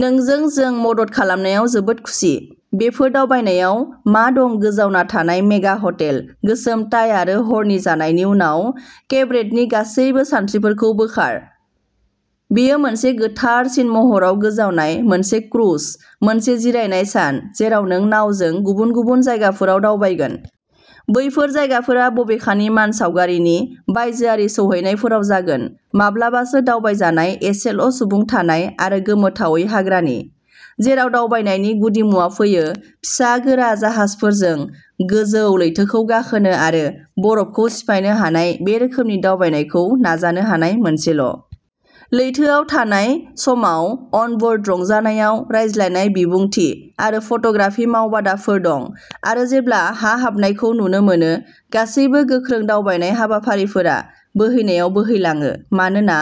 नोंजों जों मदद खालामनायाव जोबोद खुसि। बेफोर दावबायनायाव मा दं गोजावना थानाय मेगा हटेल गोसोम टाइ आरो हरनि जानायनि उनाव केबरेटनि गासैबो सानस्रिफोरखौ बोखार। बेयो मोनसे गोथारसिन महराव गोजावनाय मोनसे क्रुज मोनसे जिरायनाय सान जेराव नों नावजों गुबुन गुबुन जायगाफोराव दावबायगोन। बैफोर जायगाफोरा बबेखानि मानसावगारिनि बायजोआरि सौहैनायफोराव जागोन माब्लाबासो दावबायजानाय एसेल'सुबुं थानाय आरो गोमोथावै हाग्रानि। जेराव दावबायनायनि गुदिमुवा फैयो फिसा गोरा जाहाजफोरजों गोजौ लैथोखौ गाखोनो आरो बरफखौ सिफायनो हानाय बे रोखोमनि दावबायनायखौ नाजानो हानाय मोनसेल'। लैथोआव थानाय समाव अनबोर्ड रंजानायाव रायज्लायनाय बिबुंथि आरो फट'ग्राफि मावबादाफोर दं आरो जेब्ला हा हाबनायखौ नुनो मोनो गासैबो गोख्रों दावबायनाय हाबाफारिफोरा बोहैनायाव बोहैलाङो मानोना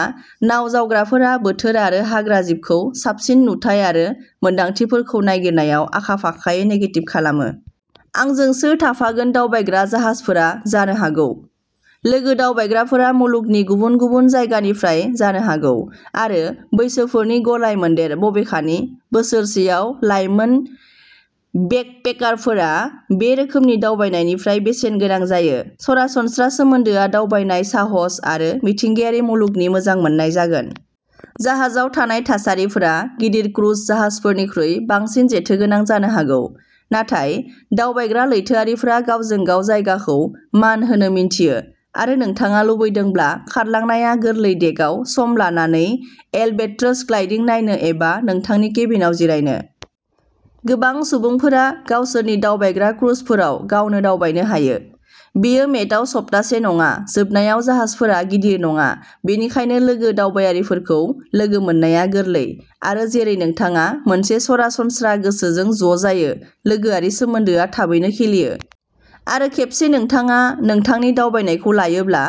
नावजावग्राफोरा बोथोर आरो हाग्राजिबखौ साबसिन नुथाय आरो मोनदांथिफोरखौ नागिरनायाव आखा फाखायै नेभिगेट खालामो। आंजों सोर थाफागोन दावबायग्रा जाहाजफोरा जानो हागौ। लोगो दावबायग्राफोरा मुलुगनि गुबुन गुबुन जायगानिफ्राय जानो हागौ आरो बैसोफोरनि गलायमोन्देर बबेखानि बोसोरसेआव लाइमोन बेकपेकारफोरा बे रोखोमनि दावबायनायनिफ्राय बेसेन गोनां जायो सरासनस्रा सोमोन्दोआ दावबायनाय साहस आरो मिथिंगायारि मुलुगनि मोजां मोननाय जागोन। जाहाजाव थानाय थासारिफोरा गिदिर क्रुज जाहाजफोरनिख्रुइ बांसिन जेथोगोनां जानो हागौ नाथाय दावबायग्रा लैथोआरिफोरा गावजों गाव जायगाखौ मान होनो मिन्थियो आरो नोंथाङा लुबैदोंब्ला खारलांनाया गोरलै डेकआव सम लानानै एलबेट्रस ग्लाइडिं नायनो एबा नोंथांनि केबिनआव जिरायनो। गोबां सुबुंफोरा गावसोरनि दावबायग्रा क्रुजफोराव गावनो दावबायनो हायो। बेयो मेडआव सप्तासे नङा जोबनायाव जाहाजफोरा गिदिर नङा बेनिखायनो लोगो दावबायारिफोरखौ लोगो मोननाया गोरलै आरो जेरै नोंथाङा मोनसे सरासनस्रा गोसोजों ज'जायो लोगोआरि सोमोन्दोआ थाबैनो खिलियो। आरो खेबसे नोंथाङा नोंथांनि दावबायनायखौ लायोब्ला।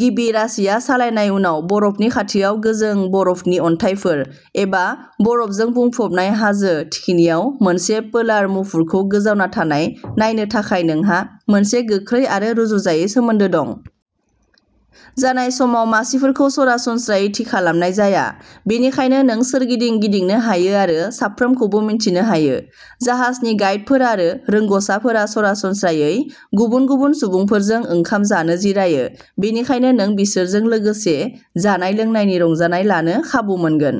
गिबि रासिया सालायनाय गुवार बरफनि खाथियाव गोजों बरफनि अन्थाइफोर एबा बरफजों बुंफबनाय हाजो थिखिनियाव मोनसे पोलार मुफुरखौ गोजावना थानाय नायनो थाखाय नोंहा मोनसे गोख्रै आरो रुजुजायै सोमोन्दो दं। जानाय समाव मासिफोरखौ सरासनस्रायै थि खालामनाय जाया बेनिखायनो नों सोरगिदिं गिदिंनो हायो आरो साफ्रोमखौबो मिन्थिनो हायो। जाहाजनि गाइडफोर आरो रोंग'साफोरा सरासनस्रायै गुबुन गुबुन सुबुंफोरजों ओंखाम जानो जिरायो बेनिखायनो नों बिसोरजों लोगोसे जानाय लोंनायनि रंजानाय लानो खाबु मोनगोन।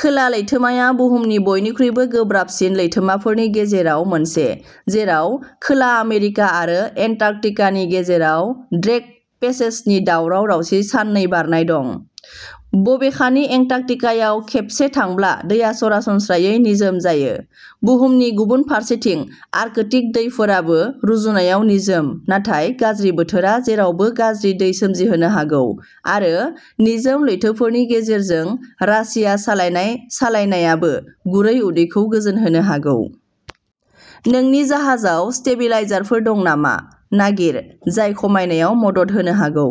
खोला लैथोमाया बुहुमनि बयनिख्रुइबो गोब्राबसिन लैथोमाफोरनि गेजेराव मोनसे जेराव खोला आमेरिका आरो एन्टार्कटिकानि गेजेराव ड्रेक पेसेजनि दावराव दावसि साननै बारनाय दं। बबेखानि एन्टार्कटिकायाव खेबसे थांब्ला दैया सरासनस्रायै निजोम जायो। बुहुमनि गुबुन फारसेथिं आर्कटिक दैफोराबो रुजुनायाव निजोम नाथाय गाज्रि बोथोरा जेरावबो गाज्रि दै सोमजिहोनो हागौ आरो निजोम लैथोफोरनि गेजेरजों रासिया सालायनाय सालायनायाबो गुरै उदैखौ गोजोनहोनो हागौ। नोंनि जाहाजाव स्टेबिलाइजारफोर दं नामा नागिर जाय खमायनायाव मदद होनो हागौ।